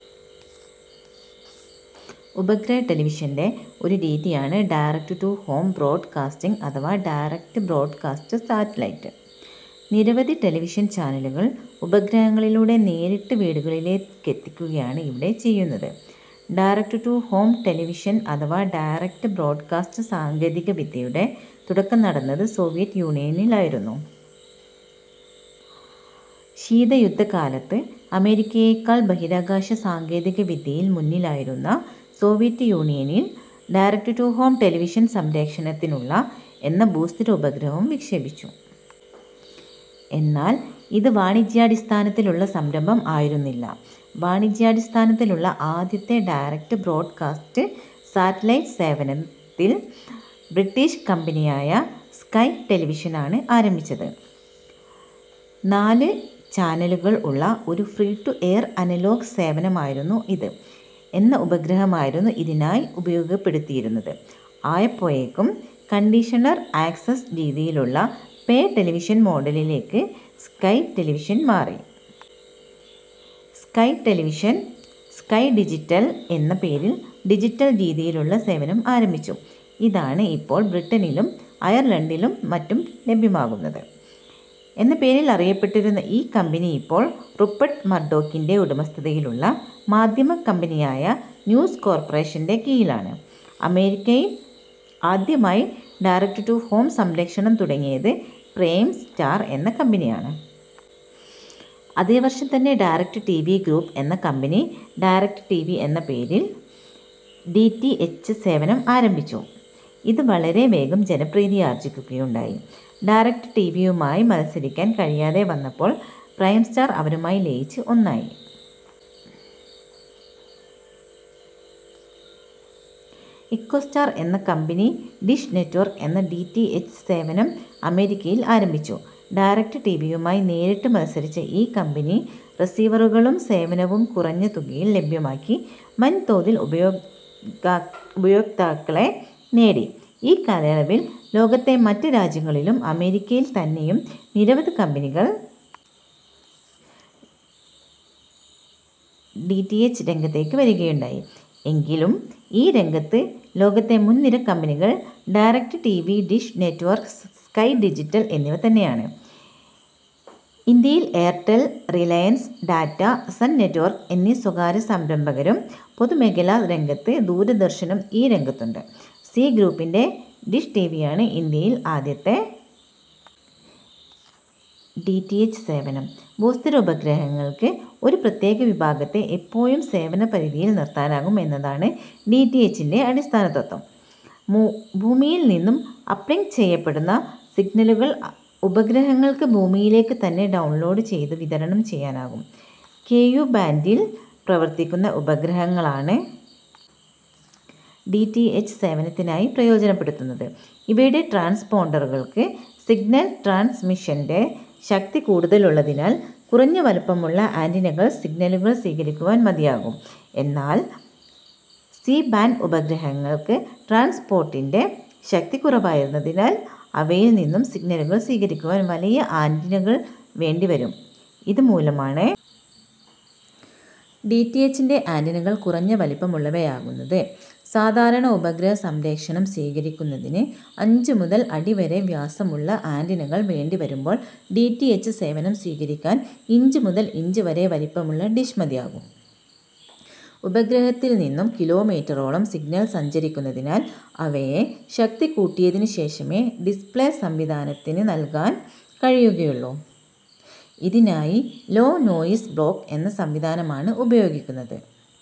ഉപഗ്രഹ ടെലിവിഷന്റെ ഒരു രീതിയാണ് ഡയറക്ട്-ടു-ഹോം ബ്രോഡ്കാസ്റ്റിംഗ് അഥവ ഡയറക്ട് ബ്രോഡ്കാസ്റ്റ് സാറ്റലൈറ്റ്. നിരവധി ടെലിവിഷൻ ചാനലുകൾ ഉപഗ്രഹങ്ങളിലൂടെ നേരിട്ട് വീടുകളിലേക്കെത്തിക്കുകയാണ് ഇവിടെ ചെയ്യുന്നത്. ഡയറക്ട്-ടു-ഹോം ടെലിവിഷൻ അഥവാ ഡയറക്ട് ബ്രോഡ്കാസ്റ്റ് സാങ്കേതിക വിദ്യയുടെ തുടക്കം നടന്നത് സോവിയറ്റ് യൂണിയനിലായിരുന്നു. ശീതയുദ്ധകാലത്ത് അമേരിക്കയേക്കാൾ ബഹിരാകാശ സാങ്കേതിക വിദ്യയിൽ മുന്നിലായിരുന്ന സോവിയറ്റ് യൂണിയൻ -ൽ ഡയറക്ട്-ടു-ഹോം ടെലിവിഷൻ സംപ്രേഷണത്തിനുള്ള എന്ന ഭൂസ്ഥിര ഉപഗ്രബഹം വിക്ഷേപിച്ചു. എന്നാൽ ഇത് വാണിജ്യാടിസ്ഥാനത്തിലുള്ള സംരംഭം ആയിരുന്നില്ല. വാണിജ്യാടിസ്ഥാനത്തിലുള്ള ആദ്യത്തെ ഡയറക്ട് ബ്രോഡ്കാസ്റ്റ് സാറ്റലൈറ്റ് സേവനം -ൽ ബ്രിട്ടീഷ് കമ്പനിയായ സ്കൈ ടെലിവിഷനാണ് ആരംഭിച്ചത്. നാല് ചാനലുകൾ ഉള്ള ഒരു ഫ്രീ ടു-എയർ-അനലോഗ് സേവനമായിരുന്നു ഇത്. എന്ന ഉപഗ്രഹമായിരുന്നു ഇതിനായി പ്രയോജനപ്പെടുത്തിയിരുന്നത്. ആയപ്പോഴേക്കും കണ്ടീഷണൽ ആക്സ്സസ് രീതിയിലുള്ള പേ ടെലിവിഷൻ മോഡലിലേക്ക് സ്കൈ ടെലിവിഷൻ മാറി. സ്കൈ ടെലിവിഷൻ, സ്കൈ ഡിജിറ്റൽ എന്ന പേരിൽ ഡിജിറ്റൽ രീതിയിലുള്ള സേവനം ആരംഭിച്ചു. ഇതാണ് ഇപ്പോൾ ബ്രിട്ടനിലും അയർലണ്ടിലും മറ്റും ലഭ്യമാകുന്നത്. എന്ന പേരിൽ അറിയപ്പെട്ടിരുന്ന ഈ കമ്പനി ഇപ്പോൾ റുപ്പർട്ട് മർഡോക്കിൻറെ ഉടമസ്ഥതയിലുള്ള മാധ്യമ കമ്പനിയായ ന്യൂസ് കോർപ്പറേഷൻറെ കീഴിലാണ്. അമേരിക്കയിൽ ആദ്യമായി ഡയറക്ട്-ടു-ഹോം സംപ്രേഷണം തുടങ്ങിയത് പ്രൈം സ്റ്റാർ എന്ന കമ്പനിയാണ്. അതേ വർഷം തന്നെ ഡയറക്ട് ടിവി ഗ്രൂപ്പ് എന്ന കമ്പനി ഡയറക് ടിവി എന്ന പേരിൽ ഡി. റ്റി. എച്ച്. സേവനം ആരംഭിച്ചു. ഇത് വളരെ വേഗം ജനപ്രീതിയാർജ്ജിക്കുകയുണ്ടായി. ഡയറക്ട് ടിവിയുമായി മത്സരിക്കാൻ കഴിയാതെ വന്നപ്പോൾ പ്രൈം സ്റ്റാർ അവരുമായി ലയിച്ച് ഒന്നായി. -ൽ ഇക്കോസ്റ്റാർ എന്ന കമ്പനി ഡിഷ് നെറ്റ്വർക്ക് എന്ന ഡി. റ്റി. എച്ച്. സേവനം അമേരിക്കയിൽ ആരംഭിച്ചു. ഡയറക്ട് ടിവിയുമായി നേരിട്ട് മത്സരിച്ച ഈ കമ്പനി റീസിവറുകളും സേവനവും കുറഞ്ഞ തുകയിൽ ലഭ്യമാക്കി വൻതോതിൽ ഉപയോക്താക്കളെ നേടി. ഈ കാലയളവിൽ ലോകത്തെ മറ്റ് രാജ്യങ്ങളിലും അമേരിക്കയിൽ തന്നെയും നിരവധി കമ്പനികൾ ഡി. റ്റി. എച്ച്. രംഗത്തേക്ക് വരികയുണ്ടായി. എങ്കിലും ഈ രംഗത്ത് ലോകത്തെ മുൻനിര കമ്പനികൾ Direct TV, Dish Network, Sky Digital എന്നിവ തന്നെയാണ്. ഇന്ത്യയിൽ Airtel, Reliance, Tata, Sun Network എന്നീ സ്വകാര്യ സംരംഭകരും പൊതുമേഖലാ രംഗത്ത് ദൂരദർശനും ഈ രംഗത്തുണ്ട്. സീ ഗ്രൂപ്പിൻറെ ഡിഷ് ടിവിയാണ് ഇന്ത്യയിലെ ആദ്യ ഡി. റ്റി. എച്ച്. സേവനം. ഭൂസ്ഥിര ഉപഗ്രഹങ്ങൾക്ക് ഒരു പ്രത്യേക വിഭാഗത്തെ എപ്പോഴും സേവനപരിധിയിൽ നിർത്താനാകും എന്നതാണ് ഡി. റ്റി. എച്ചിൻറെ അടിസ്ഥാനതത്വം.. ഭൂമിയിൽ നിന്ന് അപ്ലിങ്ക് ചെയ്യപ്പെടുന്ന സിഗ്നലുകൾ ഉപഗ്രഹങ്ങൾക്ക് ഭൂമിയിലേക്ക് തന്നെ ഡൌൺലോഡ് ചെയ്ത് വിതരണം ചെയ്യാനാകും. കെയു ബാൻഡിൽ പ്രവർത്തിക്കുന്ന ഉപഗ്രഹങ്ങളാണ് ഡി. റ്റി. എച്ച്. സേവനത്തിനായി പ്രയോജനപ്പെടുത്തുന്നത്. ഇവയുടെ ട്രാൻസ്പോണ്ടറുകൾക്ക് സിഗ്നൽ ട്രാൻസ്മിഷൻറെ ശക്തി കൂടുതലുള്ളതിനാൽ കുറഞ്ഞ വലിപ്പമുള്ള ആൻറിനകൾ സിഗ്നലുകൾ സ്വീകരിക്കുവാൻ മതിയാകും. എന്നാൽ സി-ബാൻഡ് ഉപഗ്രഹങ്ങൾക്ക് ട്രാൻസ്പോണ്ടറിൻറെ ശക്തി കുറവായതിനാൽ അവയിൽ നിന്നും സിഗ്നലുകൾ സ്വീകരിക്കുവാൻ വലിയ ആൻറിനകൾ വേണ്ടി വരും. ഇതു മൂലമാണ് ഡി. റ്റി. എച്ചിൻറെ ആൻറിനകൾ കുറഞ്ഞ വലിപ്പം ഉള്ളവയാകുന്നത്. സാധാരണ ഉപഗ്രഹ സംപ്രേഷണം സ്വീകരിക്കുന്നതിന് അഞ്ച് മുതൽ അടി വരെ വ്യാസമുളള ആൻറിനകൾ വേണ്ടി വരുമ്പോൾ ഡി. റ്റി. എച്ച്. സേവനം സ്വീകരിക്കാൻ ഇഞ്ച് മുതൽ ഇഞ്ച് വരെ വലിപ്പമുള്ള ഡിഷ് മതിയാകും. ഉപഗ്രഹത്തിൽ നിന്നും കിലോമീറ്ററോളം സിഗ്നൽ സഞ്ചരിക്കുന്നതിനാൽ അവയെ ശക്തി കൂട്ടിയതിന് ശേഷമേ ഡിസ്പ്ലേ സംവിധാനത്തിന് നൽകാൻ കഴിയുകയുള്ളു. ഇതിനായി ലോ നോയിസ് ബ്ലോക്ക് എന്ന സംവിധാനമാണ് ഉപയോഗിക്കുന്നത്. ഡി.